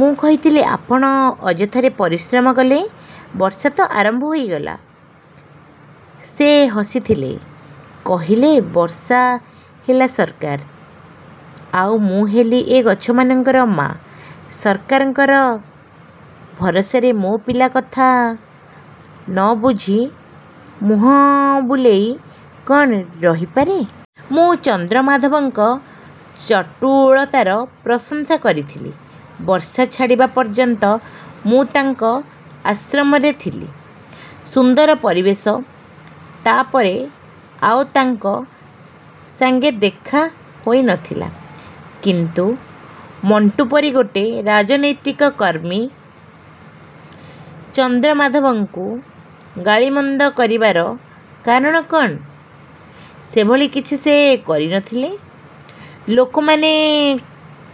ମୁଁ କହିଥିଲି, "ଆପଣ ଅଯଥାରେ ପରିଶ୍ରମ କଲେ। ବର୍ଷା ତ ଆରମ୍ଭ ହୋଇଗଲା।" ସେ ହସିଥିଲେ। କହିଥିଲେ, "ବର୍ଷା ହେଲା ସରକାର, ଆଉ ମୁଁ ହେଲି ଏ ଗଛମାନଙ୍କର ମା'। ସରକାରଙ୍କ ଭରସାରେ ମା' ପିଲା କଥା ନ ବୁଝି ମୁହଁ ବୁଲେଇ କ'ଣ ରହିପାରେ!" ମୁଁ ଚନ୍ଦ୍ରମାଧବଙ୍କ ଚଟୁଳତାର ପ୍ରଶଂସା କରିଥିଲି। ବର୍ଷା ଛାଡ଼ିବା ପର୍ଯ୍ୟନ୍ତ ମୁଁ ତାଙ୍କ ଆଶ୍ରମରେ ଥିଲି। ସୁନ୍ଦର ପରିବେଶ। ତା'ପରେ ଆଉ ତାଙ୍କ ସାଙ୍ଗେ ଦେଖା ହୋଇ ନଥିଲା। କିନ୍ତୁ ମଣ୍ଟୁ ପରି ଗୋଟେ ରାଜନୈତିକ କର୍ମୀ ଚନ୍ଦ୍ରମାଧବଙ୍କୁ ଗାଳିମନ୍ଦ କରିବାର କାରଣ କ'ଣ? ସେଭଳି କିଛି ସେ କରିନଥିଲେ ଲୋକମାନେ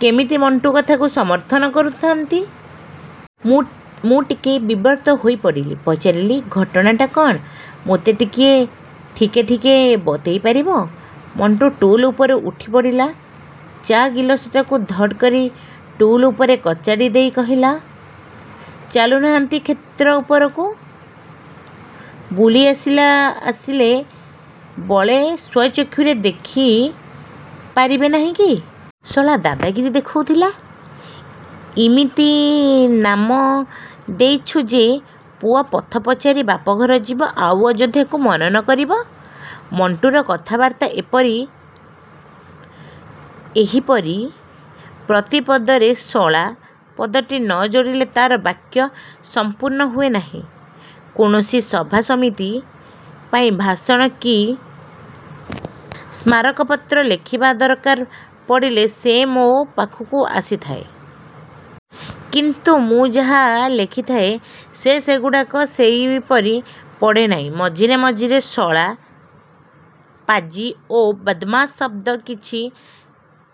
କେମିତି ମଣ୍ଟୁ କଥାକୁ ସମର୍ଥନ କରୁଥାଆନ୍ତି! ମୁଁ ଟିକେ ବିବ୍ରତ ହୋଇ ପଡ଼ିଲି। ପଚାରିଲି, "ଘଟଣାଟା କ'ଣ ମୋତେ ଟିକେ ଠିକେ ଠିକେ ବତେଇ ପାରିବ?" ମଣ୍ଟୁ ଟୁଲ୍ ଉପରୁ ଉଠି ପଡ଼ିଲା। ଚା' ଗିଲାସଟିକୁ ଧଡ଼୍ କରି ଟୁଲ୍ ଉପରେ କଚାଡ଼ି ଦେଇ କହିଲା, "ଚାଲୁନାହାନ୍ତି, କ୍ଷେତ୍ର ଉପରକୁ ବୁଲି ଆସିଲେ ବଳେ ସ୍ୱଚକ୍ଷୁରେ ଦେଖି ପାରିବେ ନାହିଁ କି! ଶଳା ଦାଦାଗିରି ଦେଖାଉଥିଲା। ଇମିତି ନାମ ଦେଇଛୁ ଯେ ପୁଅ ପଥ ପଚାରି ବାପଘର ଯିବ, ଆଉ ଅଯୋଧ୍ୟାକୁ ମନ ନ କରିବ।" ମଣ୍ଟୁର କଥାବାର୍ତ୍ତା ଏହିପରି। ଏହିପରି ପ୍ରତି ପଦ କଥାରେ 'ଶଳା' ପଦଟି ନ ଯୋଡ଼ିଲେ ତା'ର ବାକ୍ୟ ସମ୍ପୂର୍ଣ୍ଣ ହୁଏ ନାହିଁ। କୌଣସି ସଭା ସମିତି ପାଇଁ ଭାଷଣ କି ସ୍ମାରକପତ୍ର ଲେଖିବା ଦରକାର ପଡ଼ିଲେ ସେ ମୋ ପାଖକୁ ଆସିଥାଏ। କିନ୍ତୁ ମୁଁ ଯାହା ଲେଖିଥାଏ, ସେ ସେଗୁଡ଼ା ସେଇପରି ପଢ଼େ ନାହିଁ। ମଝିରେ ମଝିରେ ଶଳା, ପାଜି ଓ ବଦ୍‌ମାସ ଶବ୍ଦ କିଛି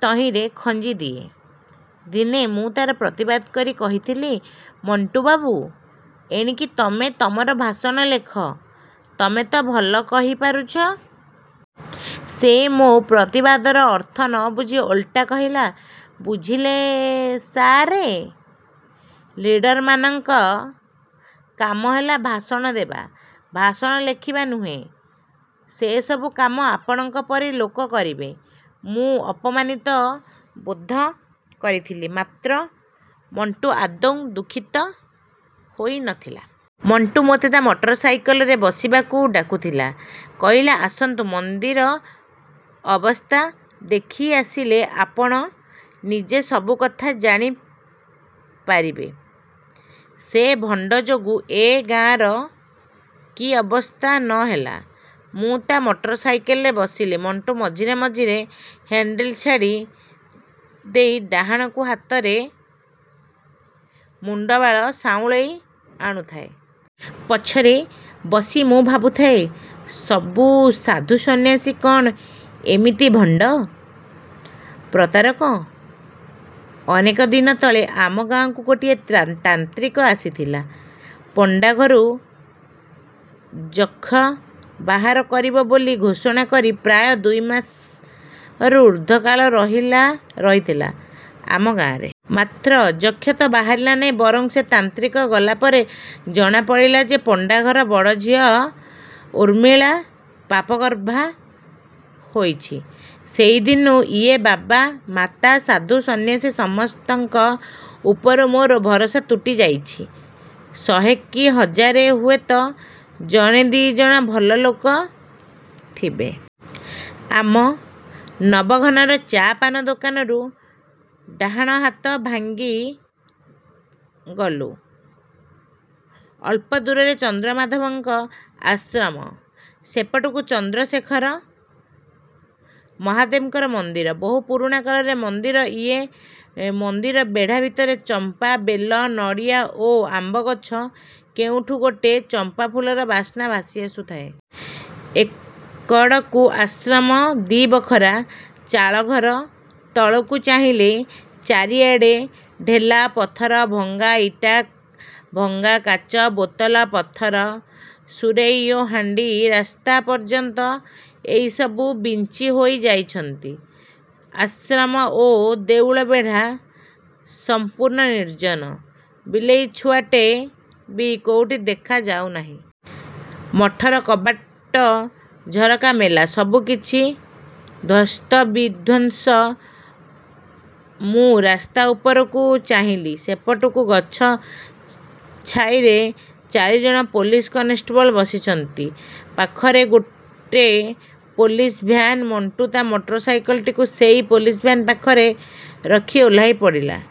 ତହିଁରେ ଖଞ୍ଜି ଦିଏ। ଦିନେ ମୁଁ ତା'ର ପ୍ରତିବାଦ କରି କହିଥିଲି, "ମଣ୍ଟୁବାବୁ! ଏଣିକି ତମେ ତମର ଭାଷଣ ଲେଖ। ତମେ ତ ଭଲ କହି ପାରୁଛ।" ସେ ମୋ ପ୍ରତିବାଦର ଅର୍ଥ ନ ବୁଝି ଓଲଟା କହିଥିଲା, "ବୁଝିଲେ ସାଆରେ! ଲିଡର୍‌ମାନଙ୍କ କାମ ହେଲା ଭାଷଣ ଦେବା, ଭାଷଣ ଲେଖିବା ନୁହେଁ। ସେସବୁ କାମ ଆପଣଙ୍କ ପରି ଲୋକ କରିବେ।" ମୁଁ ଅପମାନିତ ବୋଧ କରିଥିଲି। ମାତ୍ର ମଣ୍ଟୁ ଆଦୌ ଦୁଃଖିତ ହୋଇ ନଥିଲା। ମଣ୍ଟୁ ମୋତେ ତା' ମଟରସାଇକେଲ୍‌ରେ ବସିବାକୁ ଡାକୁଥିଲା। କହିଲା, "ଆସନ୍ତୁ, ମନ୍ଦିର ଅବସ୍ଥା ଦେଖି ଆସିଲେ ଆପଣ ନିଜେ ସବୁ କଥା ଜାଣି ପାରିବେ। ସେଇ ଭଣ୍ଡ ଯୋଗୁ ଏ ଗାଁର କି ଅବସ୍ଥା ନ ହେଲା...!" ମୁଁ ତା' ମଟରସାଇକେଲ୍‌ରେ ବସିଲି। ମଣ୍ଟୁ ମଝିରେ ମଝିରେ ହ୍ୟାଣ୍ଡଲ୍ ଛାଡ଼ି ଦେଇ ଡାହାଣକୁ ହାତରେ ' ମୁଣ୍ଡବାଳ ସାଉଁଳେଇ ଆଣୁଥାଏ। ପଛରେ ବସି ମୁଁ ଭାବୁଥାଏ, ସବୁ ସାଧୁ ସନ୍ନ୍ୟାସୀ କ'ଣ ଏଇମିତି ଭଣ୍ଡ, ପ୍ରତାରକ? ଅନେକ ଦିନ ତଳେ ଆମ ଗାଁକୁ ଗୋଟେ ତାନ୍ତ୍ରିକ ଆସିଥିଲା। ପଣ୍ଡା ଘରୁ ଯକ୍ଷ ବାହାର କରିବ ବୋଲି ଘୋଷଣା କରି ପ୍ରାୟ ଦୁଇ ମାସରୁ ଊର୍ଦ୍ଧ୍ୱ କାଳ ରହିଥିଲା ଆମ ଗାଁରେ। ମାତ୍ର ଯକ୍ଷ ତ ବାହାରିଲା ନାହିଁ, ବରଂ ସେ ତାନ୍ତ୍ରିକ ଗଲା ପରେ ଜଣା ପଡ଼ିଥିଲା ଯେ ପଣ୍ଡାଘର ବଡ଼ଝିଅ ଉର୍ମିଳା ପାପଗର୍ଭା ହୋଇଛି। ସେଇଦିନୁ ଏଇ ବାବା, ମାତା, ସାଧୁ, ସନ୍ନ୍ୟାସୀ ସମସ୍ତଙ୍କ ଉପରୁ ମୋର ଭରସା ତୁଟି ଯାଇଛି। ଶହେ କି ହଜାରରେ ହୁଏତ ଜଣେ ଦି'ଜଣ ଭଲ ଲୋକ ଥିବେ। ଆମ ନବଘନର ଚା'-ପାନ ଦୋକାନରୁ ଡାହାଣହାତି ଭାଙ୍ଗି ଗଲୁ। ଅଳ୍ପ ଦୂରରେ ଚନ୍ଦ୍ରମାଧବଙ୍କ ଆଶ୍ରମ। ସେପଟକୁ ଚନ୍ଦ୍ରଶେଖର ମହାଦେବ ମନ୍ଦିର। ବହୁ ପୁରୁଣା କାଳର ମନ୍ଦିର ଇଏ। ମନ୍ଦିର ବେଢ଼ା ଭିତରେ ଚମ୍ପା, ବେଲ, ନଡ଼ିଆ ଓ ଆମ୍ବଗଛ। କୋଉଠୁ ଗୋଟେ ଚମ୍ପାଫୁଲର ବାସ୍ନା ଭାସି ଆସୁଥାଏ। ଏ କଡ଼କୁ ଆଶ୍ରମ। ଦି'ବଖରା ଚାଳଘର। ତଳକୁ ଚାହିଁଲି। ଚାରିଆଡ଼େ ଢେଲା, ପଥର, ଭଙ୍ଗା ଇଟା, ଭଙ୍ଗା କାଚ ବୋତଲ, ପଥର, ସୁରେଇ ଓ ହାଣ୍ଡି। ରାସ୍ତା ପର୍ଯ୍ୟନ୍ତ ଏଇ ସବୁ ବିଞ୍ଚି ହୋଇ ଯାଇଛନ୍ତି। ଆଶ୍ରମ ଓ ଦେଉଳ ବେଢ଼ା ସମ୍ପୂର୍ଣ୍ଣ ନିର୍ଜନ। ବିଲେଇଛୁଆଟେ ବି କୋଉଠି ଦେଖା ଯାଉନାହିଁ। ମଠର କବାଟ ଝରକା ମେଲା। ସବୁକିଛି ଧ୍ୱସ୍ତବିଧ୍ୱସ୍ତ। ମୁଁ ରାସ୍ତା ଉପରକୁ ଚାହିଁଲି। ସେପଟକୁ ଗଛ ଛାଇରେ ଚାରିଜଣ ପୋଲିସ କନେଷ୍ଟବଳ ବସିଛନ୍ତି। ପାଖରେ ଗୋଟେ ପୋଲିସ ଭ୍ୟାନ୍। ମଣ୍ଟୁ ତା' ମଟରସାଇକେଲ୍‌ଟିକୁ ସେଇ ପୋଲିସ ଭ୍ୟାନ୍ ପାଖରେ ରଖି ଓହ୍ଲେଇ ପଡ଼ିଲା।